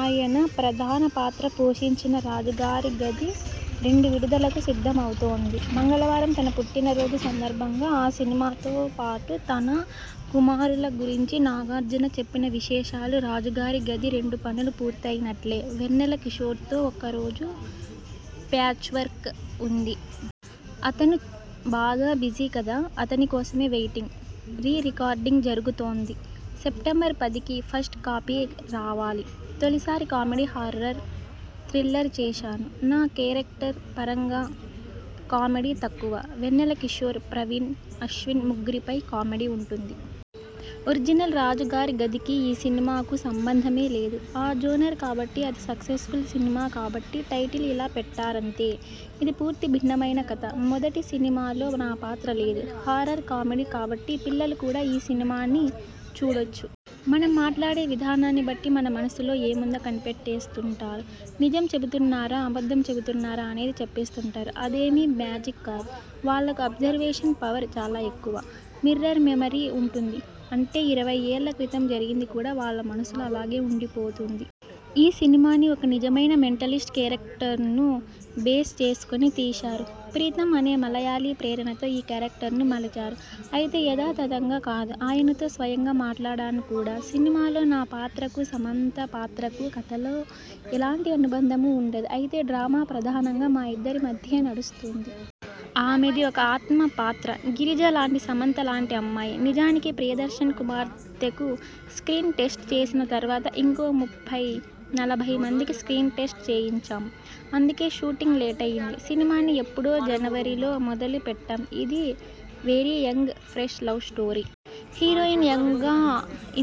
ఆయన ప్రధాన పాత్ర పోషించిన రాజుగారి గది రెండు విడుదలకు సిద్ధమవుతోంది. మంగళవారం తన పుట్టినరోజు సందర్భంగా ఆ సినిమాతో పాటు తన కుమారుల గురించి నాగార్జున చెప్పిన విశేషాలు రాజుగారి గది రెండు పనులు పూర్తయినట్లే. వెన్నెల కిశోర్తో ఒక్క రోజు ప్యాచ్వర్క్ ఉంది. అతను బాగా బిజీ కదా! అతని కోసమే వెయిటింగ్. రీ రికార్డింగ్ జరుగుతోంది. సెప్టెంబర్ పదికి ఫస్ట్ కాపీ రావాలి. తొలిసారి కామెడీ హారర్ థ్రిల్లర్ చేశాను. నా కేరక్టర్ పరంగా కామెడీ తక్కువ. వెన్నెల కిశోర్, ప్రవీణ్, అశ్విన్ ముగ్గురి పై కామెడీ ఉంటుంది. ఒరిజినల్ 'రాజుగారి గది'కీ, ఈ సినిమాకూ సంబంధమే లేదు. ఆ జోనర్ కాబట్టి, అది సక్సెస్ఫుల్ సినిమా కాబట్టి.. టైటిల్ ఇలా పెట్టారంతే. ఇది పూర్తి భిన్నమైన కథ. మొదటి సినిమాలో నా పాత్ర లేదు. హారర్ కామెడీ కాబట్టి పిల్లలు కూడా ఈ సినిమాని చూడొచ్చు. మనం మాట్లాడే విధానాన్ని బట్టి మన మనసులో ఏముందో కనిపెట్టేస్తుంటారు. నిజం చెబుతున్నారా, అబద్ధం చెబుతున్నారా అనేది చెప్పేస్తుంటారు. అదేమీ మ్యాజిక్ కాదు. వాళ్లకు అబ్జర్వేషన్ పవర్ చాలా ఎక్కువ. మిర్రర్ మెమరీ ఉంటుంది. అంటే ఇరవై ఏళ్ల క్రితం జరిగింది కూడా వాళ్ల మనసులో అలాగే ఉండిపోతుంది. ఈ సినిమాని ఒక నిజమైన మెంటలిస్ట్ కేరక్టర్ను బేస్ చేసుకొని తీశారు. ప్రీతమ్ అనే మలయాళీ ప్రేరణతో ఈ క్యారెక్టర్ను మలచారు. అయితే యథాతథంగా కాదు. ఆయనతో స్వయంగా మాట్లాడాను కూడా. సినిమాలో నా పాత్రకూ, సమంత పాత్రకూ కథలో ఎలాంటి అనుబంధమూ ఉండదు. అయితే డ్రామా ప్రధానంగా మా ఇద్దరి మధ్యే నడుస్తుంది. ఆమెది ఒక ఆత్మ పాత్ర. గిరిజ లాంటి సమంత లాంటి అమ్మాయి! నిజానికి ప్రియదర్శన్ కుమార్తెకు స్క్రీన్ టెస్ట్ చేసిన తర్వాత ఇంకో ముప్పై, నలభై మందికి స్క్రీన్ టెస్ట్ చేయించాం. అందుకే షూటింగ్ లేటయ్యింది. సినిమాని ఎప్పుడో జనవరి లో మొదలు పెట్టాం. ఇది very young fresh love story. Heroine యంగ్గా,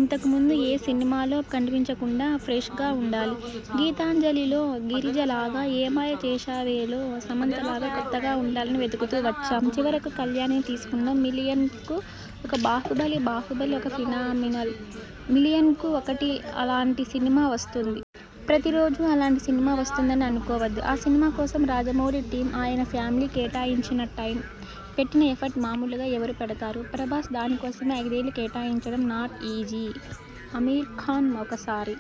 ఇంతకు ముందు ఏ సినిమాలో కనిపించకుండా ఫ్రెష్గా ఉండాలి. 'గీతాంజలి'లో గిరిజలాగా, 'ఏ మాయ చేశావే'లో సమంత లాగా కొత్తగా ఉండాలని వెతుకుతూ వచ్చాం. చివరకు కల్యాణిని తీసుకున్నాం. మిలియన్కు ఒక 'బాహుబలి''బాహుబలి' ఒక ఫినామినల్! మిలియన్కు ఒకటి అలాంటి సినిమా వస్తుంది. ప్రతి రోజూ అలాంటి సినిమా వస్తుందని అనుకోవద్దు. ఆ సినిమా కోసం రాజమౌళి టీమ్, ఆయన ఫ్యామిలీ కేటాయించిన టైమ్, పెట్టిన ఎఫర్ట్ మామూలుగా ఎవరు పెడతారు! ప్రభాస్ దాని కోసమే ఐదేళ్లు కేటాయించడం నాట్ ఈజీ. అమీర్ఖాన్ ఒకసారి